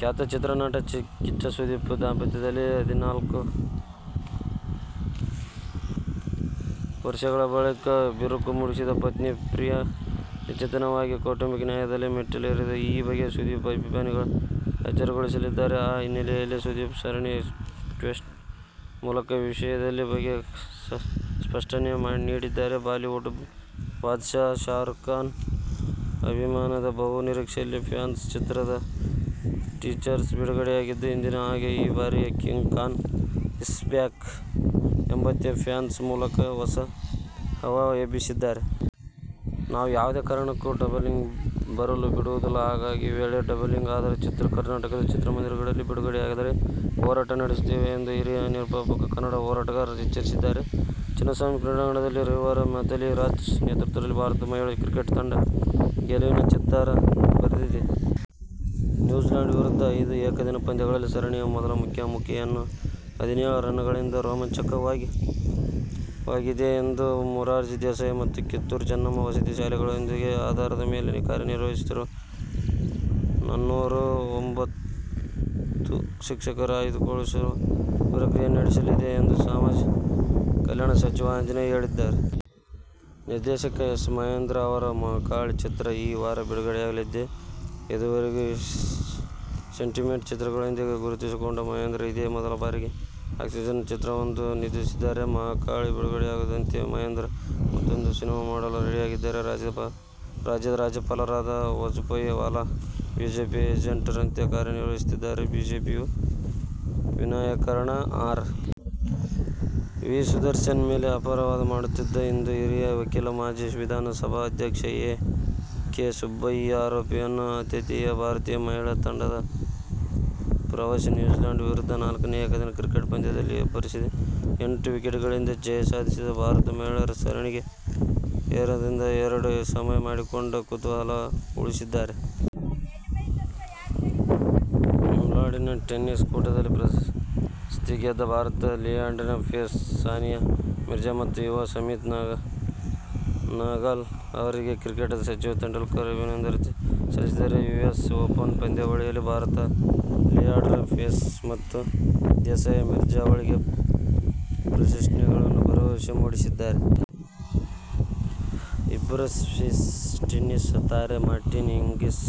ಖ್ಯಾತ ಚಿತ್ರ ನಟ ಕಿಚ್ಚ ಸುದೀಪ್ ದಾಂಪತ್ಯದಲ್ಲಿ ಹದಿನಾಲ್ಕು ವರ್ಷಗಳ ಬಳಿಕ ಬಿರುಕು ಮೂಡಿದ್ದು, ಪತ್ನಿ ಪ್ರಿಯಾ ವಿಚ್ಛೇದನಕ್ಕಾಗಿ ಕೌಟುಂಬಿಕ ನ್ಯಾಯಾಲಯದ ಮೆಟ್ಟಿಲೇರಿದ್ದು, ಈ ಬಗ್ಗೆ ಸುದೀಪ್ ಅಭಿಮಾನಿಗಳು ಅಚ್ಚರಿಗೊಳಗಾಗಿದ್ದಾರೆ. ಆ ಹಿನ್ನೆಲೆಯಲ್ಲಿ ಸುದೀಪ್ ಸರಣಿ ಟ್ವೀಟ್ ಮೂಲಕ ವಿಷಯದ ಬಗ್ಗೆ ಸ್ಪಷ್ಟನೆ ನೀಡಿದ್ದಾರೆ. ಬಾಲಿವುಡ್ ಬಾದ್'ಶಾ ಶಾರೂಕ್ ಖಾನ್ ಅಭಿನಯದ ಬಹು ನಿರೀಕ್ಷೆಯ ಫ್ಯಾನ್ ಚಿತ್ರದ ಟೀಸರ್ ಬಿಡುಗಡೆಯಾಗಿದ್ದು ಹಿಂದಿನ ಹಾಗೆ ಈ ಬಾರಿಯು ಕಿಂಗ್ ಖಾನ್ ಇಸ್ ಬ್ಯಾಕ್ ಎಂಬಂತೆ ಫ್ಯಾನ್ ಮೂಲಕ ಹೊಸ ಹವಾ ಎಬ್ಬಿಸಿದ್ದಾರೆ. ನಾವು ಯಾವುದೇ ಕಾರಣಕ್ಕೂ ಡಬ್ಬಿಂಗ್ ಬರಲು ಬಿಡುವುದಿಲ್ಲ. ಹಾಗೊಂದು ವೇಳೆ ಡಬ್ಬಿಂಗ್ ಆದ ಚಿತ್ರಗಳು ಕರ್ನಾಟಕದ ಚಿತ್ರಮಂದಿರಗಳಲ್ಲಿ ಬಿಡುಗಡೆಯಾದರೆ, ಹೋರಾಟ ನಡೆಸುತ್ತೇವೆ ಎಂದು ಹಿರಿಯ ನಿರ್ಮಾಪಕ, ಕನ್ನಡ ಹೋರಾಟಗಾರ ಎಚ್ಚರಿಸಿದ್ದಾರೆ. ಚಿನ್ನಸ್ವಾಮಿ ಕ್ರೀಡಾಂಗಣದಲ್ಲಿ ರವಿವಾರ ಮಿಥಾಲಿ ರಾಜ್ ನೇತೃತ್ವದ ಭಾರತದ ಮಹಿಳಾ ಕ್ರಿಕೆಟ್ ತಂಡ ಗೆಲುವಿನ ಚಿತ್ತಾರ ಬರೆದಿದೆ. ನ್ಯೂಜಿಲ್ಯಾಂಡ್ ವಿರುದ್ಧದ ಐದು ಏಕದಿನ ಪಂದ್ಯಗಳ ಸರಣಿಯ ಮೊದಲ ಮುಖಾಮುಖೀಯನ್ನು ಹದಿನೇಳು ರನ್ಗಳಿಂದ ರೋಮಾಂಚಕಾರಿಯಾಗಿ ಗೆದ್ದಿದೆ. ಮೊರಾರ್ಜಿ ದೇಸಾಯಿ ಮತ್ತು ಕಿತ್ತೂರು ಚೆನ್ನಮ್ಮ ವಸತಿ ಶಾಲೆಗಳಲ್ಲಿಹೊರಗುತ್ತಿಗೆ ಆಧಾರದ ಮೇಲೆ ಕಾರ್ಯನಿರ್ವಹಿಸುತ್ತಿರುವ ನನ್ನೂರ ಒಂಬತ್ತು ಶಿಕ್ಷಕರನ್ನು ಕಾಯಂಗೊಳಿಸುವ ಪ್ರಕ್ರಿಯೆ ನಡೆಯುತ್ತಿದೆ ಎಂದು ಸಮಾಜ ಕಲ್ಯಾಣ ಸಚಿವ ಆಂಜನೇಯ ಹೇಳಿದ್ದಾರೆ. ನಿರ್ದೇಶಕ ಎಸ್. ಮಹೇಂದರ್ ಅವರ ಮಹಾಕಾಳಿ ಚಿತ್ರ ಈ ವಾರ ಬಿಡುಗಡೆಯಾಗುತ್ತಿದೆ. ಇದುವರೆಗೂ ಸೆಂಟಿಮೆಂಟ್ ಚಿತ್ರಗಳೊಂದಿಗೆ ಗುರುತಿಸಿಕೊಂಡಿದ್ದ ಮಹೇಂದರ್ ಇದೇ ಮೊದಲ ಬಾರಿಗೆ ಆ್ಯಕ್ಷನ್ ಚಿತ್ರವೊಂದನ್ನು ನಿರ್ದೇಶಿಸಿದ್ದಾರೆ. ಮಹಾಕಾಳಿ ಬಿಡುಗಡೆಯಾಗುತ್ತಿದ್ದಂತೆ ಮಹೇಂದರ್ ಮತ್ತೂಂದು ಸಿನಿಮಾ ಮಾಡಲು ರೆಡಿಯಾಗಿದ್ದಾರೆ. ರಾಜ್ಯದ ರಾಜ್ಯಪಾಲರಾದ ವಜುಭಾಯಿ ವಾಲಾ ಬಿಜೆಪಿಯ ಏಜೆಂಟ್ ರಂತೆ ಕಾರ್ಯನಿರ್ವಹಿಸುತ್ತಿದ್ದಾರೆ, ಬಿಜೆಪಿಯು ವಿನಾಕಾರಣ ಆರ್. ವಿ ಸುದರ್ಶನ್ ಮೇಲೆ ಅಪವಾದ ಮಾಡುತ್ತಿದೆ ಎಂದು ಹಿರಿಯ ವಕೀಲ ಮಾಜಿ ವಿಧಾನ ಸಭಾ ಸದಸ್ಯ ಎ. ಕೆ ಸುಬ್ಬಯ್ಯ ಆರೋಪಿಸಿದರು. ಆತಿಥೇಯ ಭಾರತ ಮಹಿಳಾ ತಂಡ ಪ್ರವಾಸಿ ನ್ಯೂಜಿಲೆಂಡ್ ವಿರುದ್ಧದ ನಾಲ್ಕನೇ ಏಕದಿನ ಕ್ರಿಕೆಟ್ ಪಂದ್ಯದಲ್ಲಿ ಅಬ್ಬರಿಸಿದೆ. ಎಂಟು ವಿಕೆಟ್ಗಳಿಂದ ಜಯ ಸಾಧಿಸಿದ ಭಾರತ ಮಹಿಳೆಯರು ಸರಣಿಯನ್ನು ಎರರಿಂದ ಎರಡು ಸಮ ಮಾಡಿಕೊಂಡು ಕುತೂಹಲ ಉಳಿಸಿದ್ದಾರೆ. ವಿಂಬಲ್ಡನ್ ಟೆನಿಸ್ ಕೂಟದಲ್ಲಿ ಪ್ರಶಸ್ತಿ ಗೆದ್ದ ಭಾರತದ ಲಿಯಾಂಡರ್ ಪೇಸ್, ಸಾನಿಯಾ ಮಿರ್ಜಾ ಮತ್ತು ಯುವ ಸುಮಿತ್ ನಗಲ್ ಅವರಿಗೆ ಕ್ರಿಕೆಟಿಗ ಸಚಿನ್ ತೆಂಡುಲ್ಕರ್ ಅಭಿನಂದನೆ ಸಲ್ಲಿಸಿದ್ದಾರೆ. ಯುಎಸ್ ಓಪನ್ ಪಂದ್ಯಾವಳಿಯಲ್ಲಿ ಭಾರತದ ಲಿಯಾಂಡರ್ ಪೇಸ್ ಮತ್ತು ಸಾನಿಯಾ ಮಿರ್ಜಾ ಅವಳಿ ಪ್ರಶಸ್ತಿಗಳ ಭರವಸೆ ಮೂಡಿಸಿದ್ದಾರೆ. ಇಬ್ಬರೂ ಸ್ವಿಸ್ ಟೆನಿಸ್ ತಾರೆ ಮಾರ್ಟಿನಾ ಹಿಂಗಿಸ್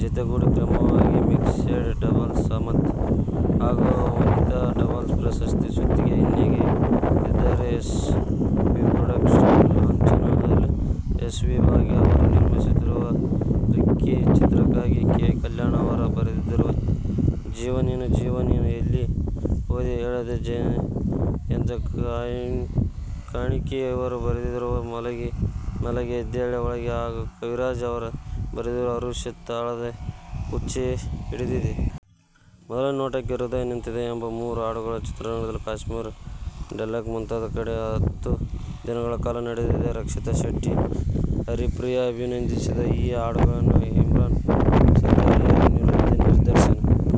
ಜತೆಗೂಡಿ ಕ್ರಮವಾಗಿ ಮಿಕ್ಸೆಡ್ ಡಬಲ್ಸ್ ಹಾಗೂ ವನಿತಾ ಡಬಲ್ಸ್ ಪ್ರಶಸ್ತಿ ಸುತ್ತಿಗೆ ನೆಗೆದಿದ್ದಾರೆ. ಎಸ್. ವಿ. ಪ್ರೊಡಕ್ಷನ್ಸ್ ಲಾಂಛನದಲ್ಲಿ ಎಸ್. ವಿ. ಬಾಬು ಅವರು ನಿರ್ಮಿಸುತ್ತಿರುವ ರಿಕ್ಕಿ ಚಿತ್ರಕ್ಕಾಗಿ ಕೆ. ಕಲ್ಯಾಣ್ ಅವರು ಬರೆದಿರುವ ಜೀವ ನೀನು ಜೀವ ನೀನು ಎಲ್ಲಿ ಹೋದೆ ಹೇಳದೆ, ಜಯಂತ ಕಾಯ್ಕಿಣಿ ಅವರು ಬರೆದಿರುವ ಮಲಗೆ ಮಲಗೆ ಎದೆಯ ಒಳಗೆ ಹಾಗೂ ಕವಿರಾಜ್ ಅವರು ಬರೆದಿರುವ ಹರುಷ ತಾಳದೆ ಹುಚ್ಚೆ ಹಿಡಿದಿದೆ. ಮೊದಲ ನೋಟಕ್ಕೆ ಹೃದಯ ನಿಂತಿದೆ ಎಂಬ ಮೂರು ಹಾಡುಗಳ ಚಿತ್ರೀಕರಣ ಕಾಶ್ಮೀರ, ಡಲ್ಲೇಕ್ ಮುಂತಾದ ಕಡೆ ಹತ್ತು ದಿನಗಳ ಕಾಲ ನಡೆದಿದೆ. ರಕ್ಷಿತ್ ಶೆಟ್ಟಿ, ಹರಿಪ್ರಿಯ ಅಭಿನಯಿಸಿದ ಈ ಹಾಡುಗಳಿಗೆ ಇಮ್ರಾನ್ ಸರ್ದಾರಿಯಾ ನೃತ್ಯ ನಿರ್ದೇಶನ.